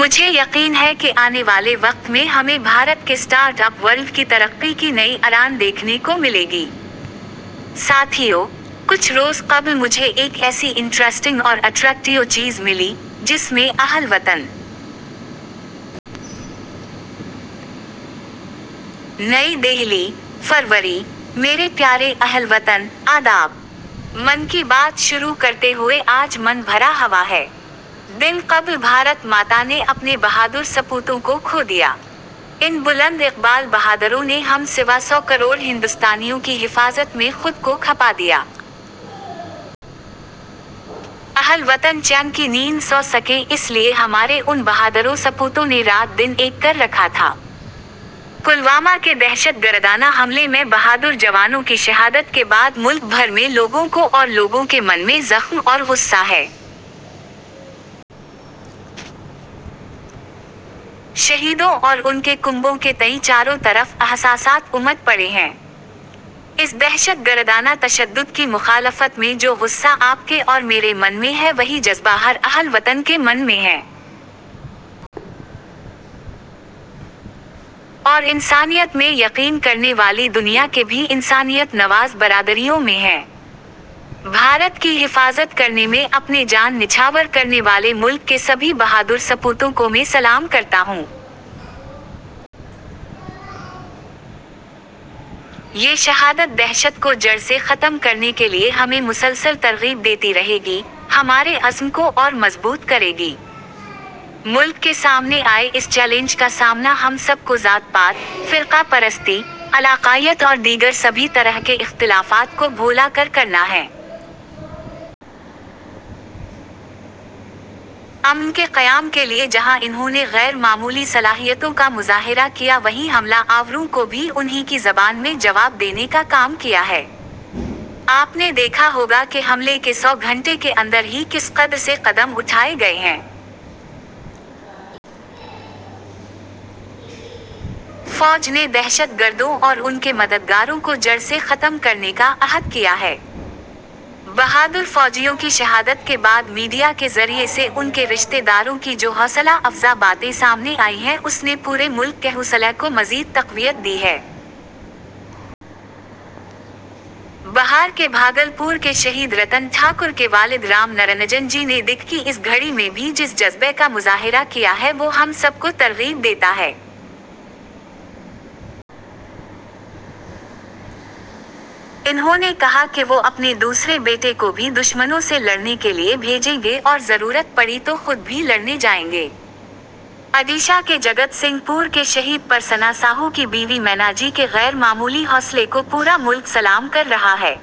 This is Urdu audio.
مجھے یقین ہے کہ آنے والے وقت میں ہمیں بھارت کے اسٹارٹ اپ ورلڈ کی ترقی کی نئی اڑان دیکھنے کو ملے گی۔ ساتھیو، کچھ روز قبل مجھے ایک ایسی انٹریسٹنگ اور اٹریکٹیو چیز ملی، جس میں اہل وطن. نئی دہلی، فروری / میرے پیارے اہل وطن ، آداب! من کی بات شروع کرتے ہوئے آج من بھرا ہوا ہے۔ دن قبل بھارت ماتا نے اپنے بہادر سپوتوں کو کھو دیا۔ ان بلند اقبال بہادروں نے ہم سوا سو کروڑ ہندوستانیوں کی حفاظت میں خود کو کھپا دیا۔ اہل وطن چین کی نیند سو سکیں اس لئے ہمارے ان بہادروں سپوتوں نے رات دن ایک کر رکھا تھا۔ پلوامہ کے دہشت گردانہ حملے میں بہادر جوانوں کی شہادت کے بعد ملک بھر میں لوگوں کو اور لوگوں کے من میں زخم اور غصہ ہے۔ شہیدوں اور ان کے کنبوں کے تئیں چاروں طرف احساسات امڈ پڑے ہیں۔ اس دہشت گردانہ تشدد کی مخالفت میں جو غصہ آپ کے اور میرے من میں ہے وہی جذبہ ہر اہل وطن کے من میں ہے۔ اور انسانیت میں یقین کرنے والی دنیا کے بھی انسانیت نواز برادریوں میں ہے۔ بھارت کی حفاظت کرنے میں اپنے جان نچھاور کرنے والے ملک کے سبھی بہادر سپوتوں کو میں سلام کرتا ہوں۔ یہ شہادت دہشت کو جڑ سے ختم کرنے کے لئے ہمیں مسلسل ترغیب دیتی رہے گی، ہمارے عزم کو اور مضبوط کرے گی۔ ملک کے سامنے آئے اس چیلنج کا سامنا ہم سب کو ذات پات ، فرقہ پرستی ، علاقائیت اور دیگر سبھی طرح کے اختلافات کو بھولا کر کرنا ہے۔ امن کے قیام کے لئے جہاں انہوں نے غیر معمولی صلاحیتوں کا مظاہرہ کیا وہیں حملہ آوروں کو بھی ان ہی کی زبان میں جواب دینے کا کام کیا ہے۔ آپ نے دیکھا ہوگا کہ حملے کے سو گھنٹے کے اندر ہی کس قدر سے قدم اٹھائے گئے ہیں۔ فوج نے دہشت گردوں اور ان کے مددگاروں کو جڑ سے ختم کرنے کا عہد کیا ہے۔ بہادر فوجیوں کی شہادت کے بعد میڈیا کے ذریعے سے ان کے رشتے داروں کی جو حوصلہ افزا باتیں سامنے آئی ہیں اس نے پورے ملک کےحوصلے کو مزید تقویت دی ہے۔ بہار کے بھاگل پور کے شہید رتن ٹھاکر کے والد رام نرنجن جی نے دکھ کی اس گھڑی میں بھی جس جذبے کا مظاہرہ کیا ہے وہ ہم سب کو ترغیب دیتا ہے۔ انہوں نے کہا کہ وہ اپنے دوسرے بیٹے کو بھی دشمنوں سے لڑنے کے لئے بھیجیں گے اور ضرورت پڑی تو خود بھی لڑنے جائیں گے۔ اڈیشہ کے جگت سنگھ پور کے شہید پرسنہ ساہو کی بیوی مینا جی کے غیر معمولی حوصلے کو پورا ملک سلام کر رہا ہے۔